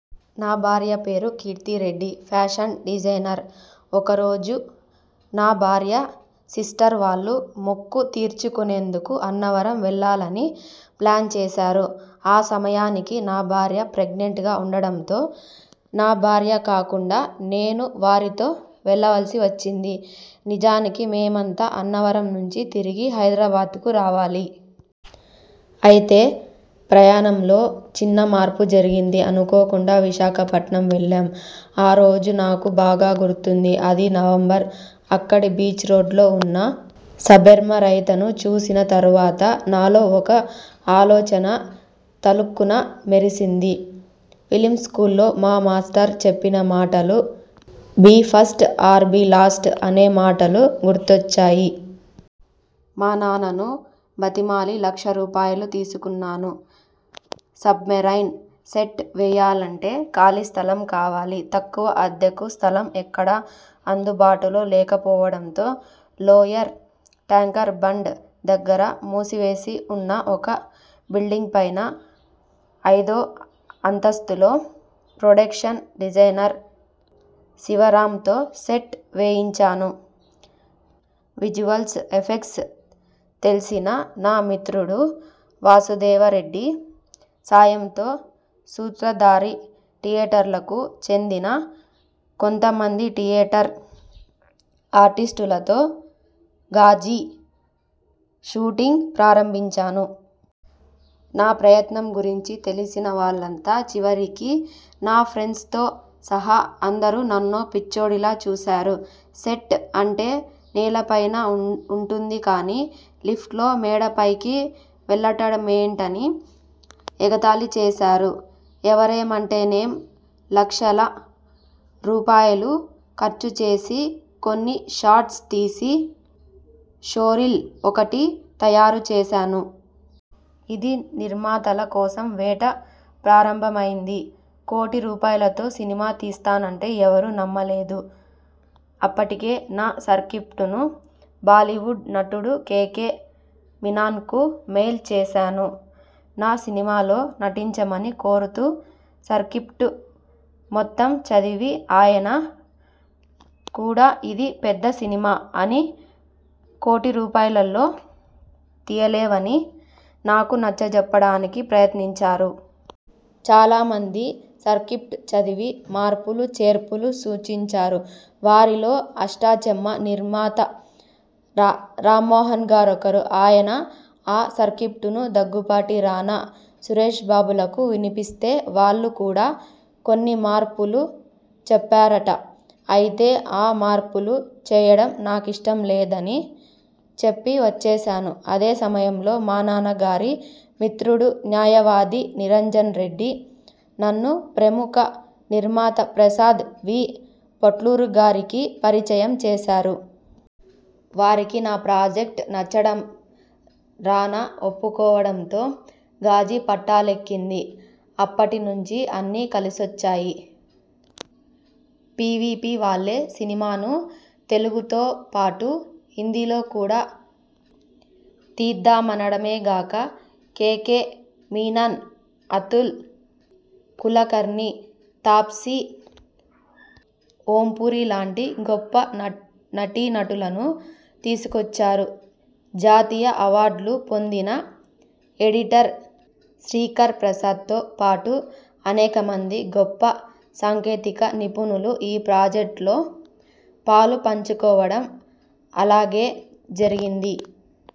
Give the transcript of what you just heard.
నా భార్య పేరు కీర్తి రెడ్డి. Fashion designer. ఒకరోజు నా భార్య సిస్టర్వాళ్లు మొక్కు తీర్చుకునేందుకు అన్నవరం వెళ్లాలని ప్లాన్ చేశారు. ఆ సమయానికి నా భార్య ప్రెగ్నెంట్గా ఉండటంతో నా భార్య కాకుండా నేను వారితో వెళ్లాల్సి వచ్చింది. నిజానికి మేమంతా అన్నవరం నుంచి తిరిగి హైదరాబాద్కు రావాలి. అయితే ప్రయాణంలో చిన్న మార్పు జరిగి అనుకోకుండా విశాఖపట్నం వెళ్లాం. ఆ రోజు నాకు బాగా గుర్తుంది. అది నవంబర్. అక్కడి బీచ్రోడ్లో ఉన్న సబరైమైన్ను చూసిన తర్వాత నాలో ఒక ఆలోచన తళుక్కున మెరిసింది. ఫిల్మ్స్కూల్లో మా మాస్టర్ చెప్పిన మాటలు 'be first or be last' అనే మాటలు గుర్తొచ్చాయి. మా నాన్నను బతిమాలి లక్ష రూపాయలు తీసుకున్నాను. 'సబ్మెరైన్' సెట్ వేయాలంటే ఖాళీ స్థలం కావాలి. తక్కువ అద్దెకు స్థలం ఎక్కడా అందుబాటులో లేకపోవడంతో లోయర్ టాంక్బండ్ దగ్గర మూసేసి ఉన్న ఒక బిల్డింగ్పైన ఐదో అంతస్తులో ప్రొడక్షన్ డిజైనర్ శివంరావుతో సెట్ వేయించాను. విజువల్ ఎఫెక్ట్స్ తెలిసిన నా మిత్రుడు వాసుదేవరెడ్డి సాయంతో, 'సూత్రధారి' టీయేటర్కు చెందిన కొంతమంది టి యేటర్ ఆర్టిస్టులతో 'ఘాజీ' షూటింగ్ ప్రారంభించాను. నా ప్రయత్నం గురించి తెలిసిన వాళ్లంతా చివరికి నా ఫ్రెండ్స్తో సహా అందరూ నన్నో పిచ్చోడిలా చూశారు. సెట్ అంటే నేలపైన ఉంటుంది కానీ లిఫ్ట్లో మేడపైకి వెళ్లడమేమిటని ఎగతాళి చేశారు. ఎవరేమంటేనేం లక్షల రూపాయలు ఖర్చుచేసి కొన్ని షాట్స్ తీసి, షోరీల్ ఒకటి తయారుచేశాను. ఇక నిర్మాతల కోసం వేట ప్రారంభమైంది. కోటి రూపాయలతో సినిమా తీస్తానంటే ఎవరూ నమ్మలేదు. అప్పటికే నా సిర్ కిప్టును బాలీవుడ్ నటుడు కెకె మీనన్కు మెయిల్ చేశాను నా సినిమాలో నటించమని కోరుతూ. సిర్కిప్ట్ మొత్తం చదివి ఆయన కూడా ఇది పెద్ద సినిమా అని, కోటి రూపాయల్లో తీయలేవని నాకు నచ్చజెప్పడానికి ప్రయత్నించారు. చాలామంది సిర్కిప్ట్ చదివి మార్పులు చేర్పులు సూచించారు. వారిలో 'అష్టాచెమ్మా' నిర్మాత రామ్మోహన్గారొకరు. ఆయన ఆ సిర్కిప్ట్ ను దగ్గుబాటి రానా, సురేష్బాబులకు వినిపిస్తే వాళ్లు కూడా కొన్ని మార్పులు చెప్పి వచ్చేశాను. అదే సమయంలో మా నాన్నగారి మిత్రుడు, న్యాయవాది నిరంజన్రెడ్డి నన్ను ప్రముఖ నిర్మాత ప్రసాద్ వి పొట్లూరిగారికి పరిచయం చేశారు. వారికి నా ప్రాజెక్ట్ నచ్చడం, రానా ఒప్పుకోవడంతో 'ఘాజీ' పట్టాలెక్కింది. అప్పటి నుంచి అన్నీ కలిసొచ్చాయి. పీవీపీవాళ్లే సినిమాను తెలుగుతో పాటు హిందీలో కూడా తీద్దామనడమేగాక, కెకె మీనన్, అతుల్ కులకర్ణి, తాప్సీ, ఓంపురిలాంటి గొప్ప నటీనటులను తీసుకొచ్చారు. జాతీయ అవార్డులు పొందిన ఎడిటర్ శ్రీకర్ప్రసాద్తో పాటు అనేకమంది గొప్ప సాంకేతిక నిపుణులు ఈ ప్రాజెక్టులో పాలు పంచుకోవడం అలాగే జరిగింది.